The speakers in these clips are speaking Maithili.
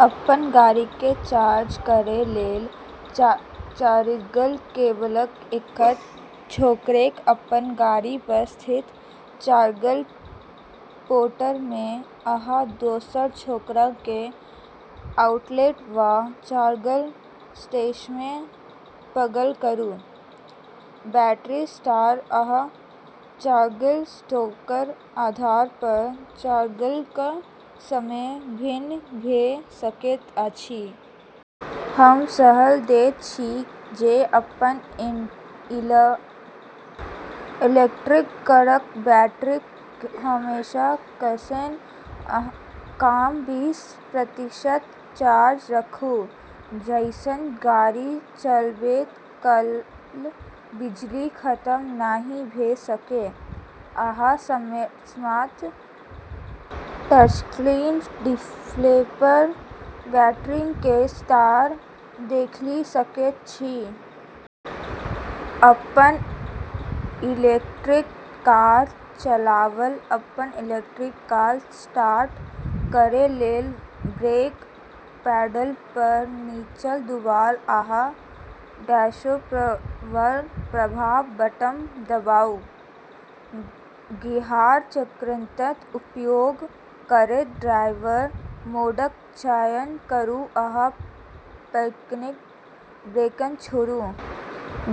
अपन गाड़ीकेँ चार्ज करै लेल चार्जिंग केबलक एकटा छोरकेँ अपन गाड़ीपर स्थित चार्जिंग पोर्टमे आ दोसर छोरकेँ आउटलेट वा चार्जिंग स्टेशनमे प्लग करू। बैटरी स्तर आ चार्जिंग स्रोतक आधारपर चार्जिंगक समय भिन्न भऽ सकैत अछि। हम सलाह दैत छी जे अपन इलेक्ट्रिक कारक बैटरीकेँ हमेशा कमसँ कम बीस प्रतिशत चार्ज राखू, जाहिसँ गाड़ी चलबैत काल बिजली खतम नहि भऽ सकै। अहाँ स्मार्ट टचस्क्रीन डिस्प्लेपर बैटरीक स्तर देखि सकैत छी। अपन इलेक्ट्रिक कार चलाबब अपन इलेक्ट्रिक कार स्टार्ट करै लेल ब्रेकक पैडलपर नीचा दबाउ आ डैशबोर्डपर पावर बटन दबाउ। गियर चयनकर्ताक उपयोग करैत ड्राइव मोडक चयन करू आ पार्किंग ब्रेककेँ छोड़ू।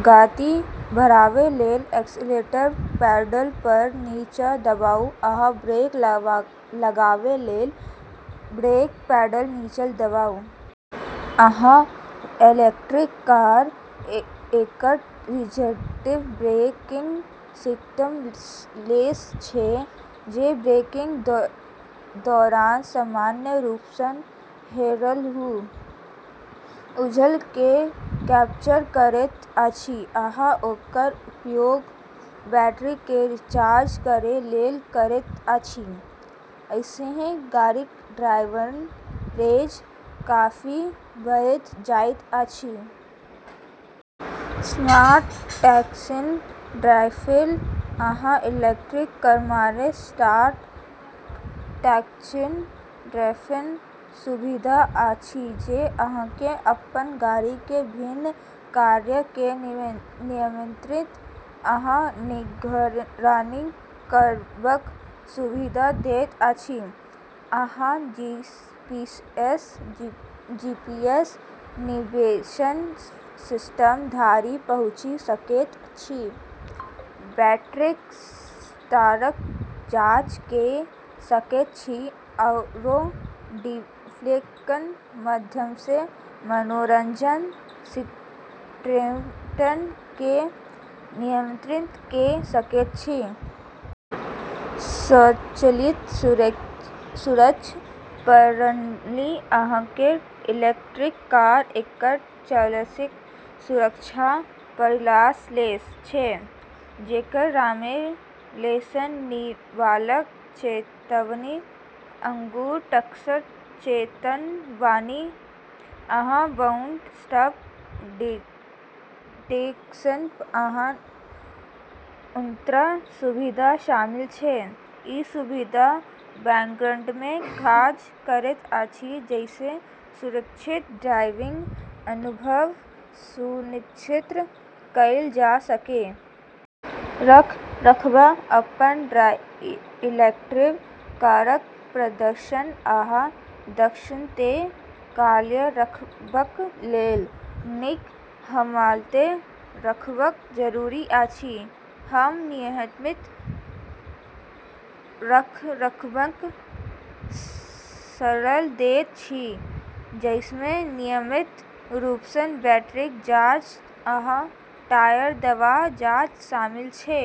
गति बढ़ाबै लेल एक्सीलेटरक पैडलपर नीचा दबाउ, आ ब्रेक लगाबै लेल ब्रेकक पैडलपर नीचा दबाउ। अहाँक इलेक्ट्रिक कार एकटा रिजनरेटिव ब्रेकिंग सिस्टमसँ लैस छै, जे ब्रेकिंगक दौरान सामान्य रूपसँ हेराएल ऊर्जाकेँ कैप्चर करैत अछि आ ओकर उपयोग बैटरीकेँ रिचार्ज करै लेल करैत अछि। एहिसँ गाड़ीक ड्राइविंग रेंज काफी बढ़ि जाइत अछि। स्मार्ट टचस्क्रीन डिस्प्ले अहाँक इलेक्ट्रिक कारमे स्मार्ट टचस्क्रीन डिस्प्लेक सुविधा अछि जे अहाँकेँ अपन गाड़ीक विभिन्न कार्यकेँ नियंत्रित आ निगरानी करबाक सुविधा दैत अछि। अहाँ जीपीएस नेविगेशन सिस्टम धरि पहुँचि सकैत छी, बैटरीक स्तरक जाँच कऽ सकैत छी, आओर डिस्प्लेक माध्यमसँ मनोरंजन सिस्टमकेँ नियंत्रित कऽ सकैत छी। स्वचालित सुरक्षा प्रणाली अहाँक इलेक्ट्रिक कार एकटा स्वचालित सुरक्षा प्रणालीसँ लैस छै जेकरामे लेनसँ निकलबाक चेतावनी, आगूँ टक्करक चेतावनी, आ ब्लाइंड स्पॉट डिटेक्शन एहन उन्नत सुविधा शामिल छै। ई सुविधा बैकग्राउंडमे काज करैत अछि जाहिसँ सुरक्षित ड्राइविंग अनुभव सुनिश्चित कएल जा सकै। रखरखाव अपन इलेक्ट्रिक कारक प्रदर्शन आ दक्षताकेँ कायम रखबाक लेल नीक हालतमे राखब जरूरी अछि। हम नियमित रखरखावक सलाह दैत छी, जाहिमे नियमित रूपसँ बैटरी जाँच आ टायरक दबाव जाँच शामिल छै।